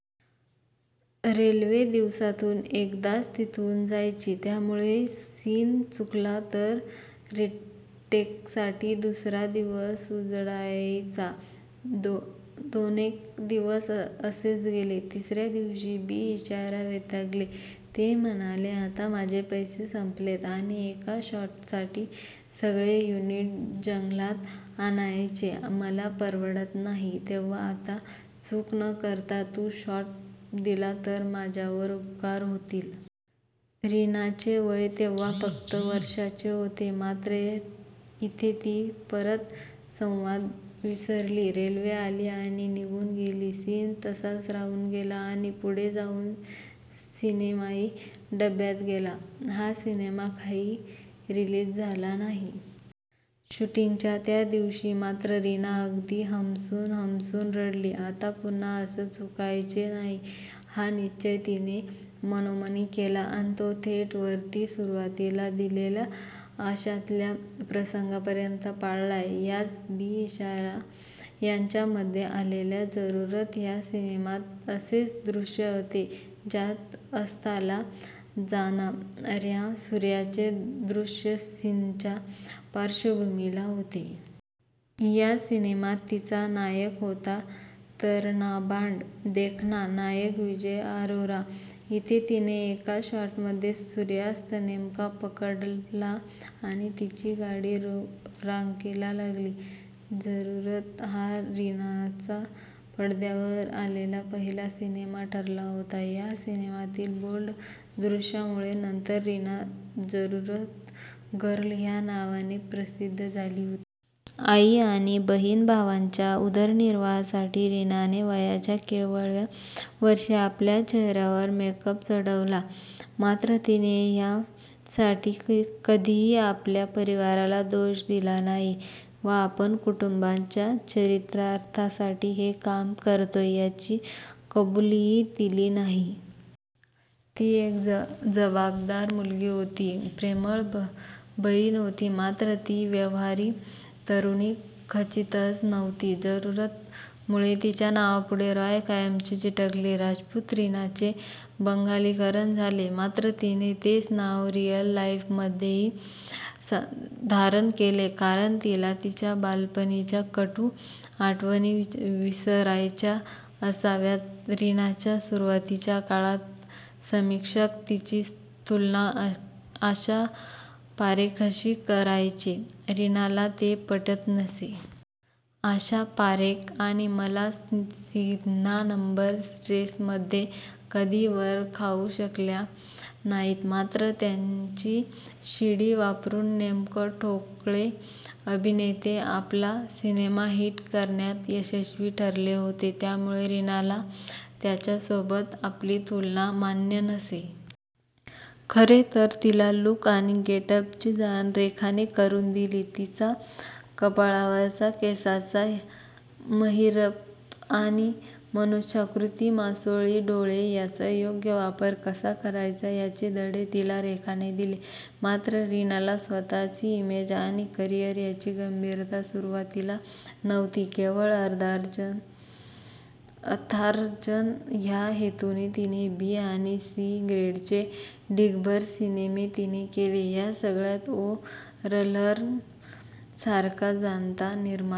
Railway दिवसातून एकदाच तिथून जायची. त्यामुळे सीन चुकला तर रिटेकसाठी दुसरा दिवस उजडायचा. दोनेक दिवस असेच गेले, तिसरया दिवशी बी. इशारा वैतागले ते म्हणाले आता माझे पैसे संपलेत आणि एका शॉटसाठी सगळे युनिट जंगलात आणायचे मला परवडत नाही तेंव्हा आता चूक न करता तू शॉट दिला तर माझ्यावर उपकार होतील. रीनाचे वय तेंव्हा फक्त वर्षांचे होते! मात्र इथे ती परत संवाद विसरली, रेल्वे आली आणि निघून गेली. सीन तसाच राहून गेला आणि पुढे जाऊन सिनेमाही डब्यात गेला. हा सिनेमा काही रिलीज झाला नाही. शुटींगच्या त्या दिवशी मात्र रीना अगदी हमसून हमसून रडली. आत पुन्हा असं चुकायचे नाही हा निश्चय तिने मनोमनी केला अन तो थेट वरती सुरुवातीला दिलेल्या 'आशा'तल्या प्रसंगापर्यंत पाळला! याच बी. इशारा यांच्या मध्ये आलेल्या 'जरुरत' या सिनेमात असेच दृश्य होते ज्यात अस्ताला जाणारया सूर्याचे दृश्य सीनच्या पार्श्वभूमीला होते. या सिनेमात तिचा नायक होता तरणाबांड देखणा नायक विजय अरोरा! इथे तिने एकाच शॉटमध्ये सूर्यास्त नेमका पकडला आणि तिची गाडी रांकेला लागली. 'जरुरत' हा रीनाचा पडद्यावर आलेला पहिला सिनेमा ठरला होता. या सिनेमातील बोल्ड दृश्यामुळे नंतर रीना 'जरुरत गर्ल' या नावाने प्रसिद्ध झाली होती. आई आणि बहिण-भावांच्या उदरनिर्वाहासाठी रीनाने वयाच्या केवळ व्या वर्षी आपल्या चेहऱ्यावर मेकअप चढवला मात्र तिने यासाठी कधीही आपल्या परिवाराला दोष दिला नाही वा आपण कुटुंबाच्या चरितार्थासाठी हे काम करतोय याची कबुलीही दिली नाही. ती एक जबाबदार मुलगी होती, प्रेमळ बहिण होती मात्र ती व्यवहारी तरुणी खचितच नव्हती! जरुरतमुळे तिच्या नावापुढे रॉय कायमचे चिकटले. राजपूत रीनाचे बंगालीकरण झाले, मात्र तिने तेच नाव रिअल लाईफमध्येही धारण केले कारण तिला तिच्या बालपणीच्या कटू आठवणीविसरायच्या असाव्यातरीनाच्या सुरुवातीच्या काळात समीक्षक तिची तुलना आशा पारेखशी करायचे, रीनाला ते पटत नसे. आशा पारेख आणि माला सिन्हा नंबर रेसमध्ये कधीही वर जाऊ शकल्या नाहीत मात्र त्यांची शिडी वापरून अनेक ठोकळे अभिनेते आपला सिनेमा हिट करण्यात यशस्वी ठरले होते त्यामुळे रीनाला त्यांच्यासोबत आपली तुलना मान्य नसे. खरे तर तिला 'लुक' आणि 'गेटअप'ची जाण रेखाने करून दिली. तिचा कपाळावरचा केसांचा महिरप आणि धनुष्याकृती मासोळी डोळे याचा योग्य वापर कसा करायचा याचे धडे तिला रेखाने दिले. मात्र रीनाला स्वतःची इमेज आणि करीअर यांची गंभीरता सुरुवातीला नव्हती, केवळ अर्थार्जन ह्या हेतूने तिने बी आणि सी ग्रेडचे ढीगभर सिनेमे तिने केले. या काळात ओ. रल्हन सारखा जाणता निर्माता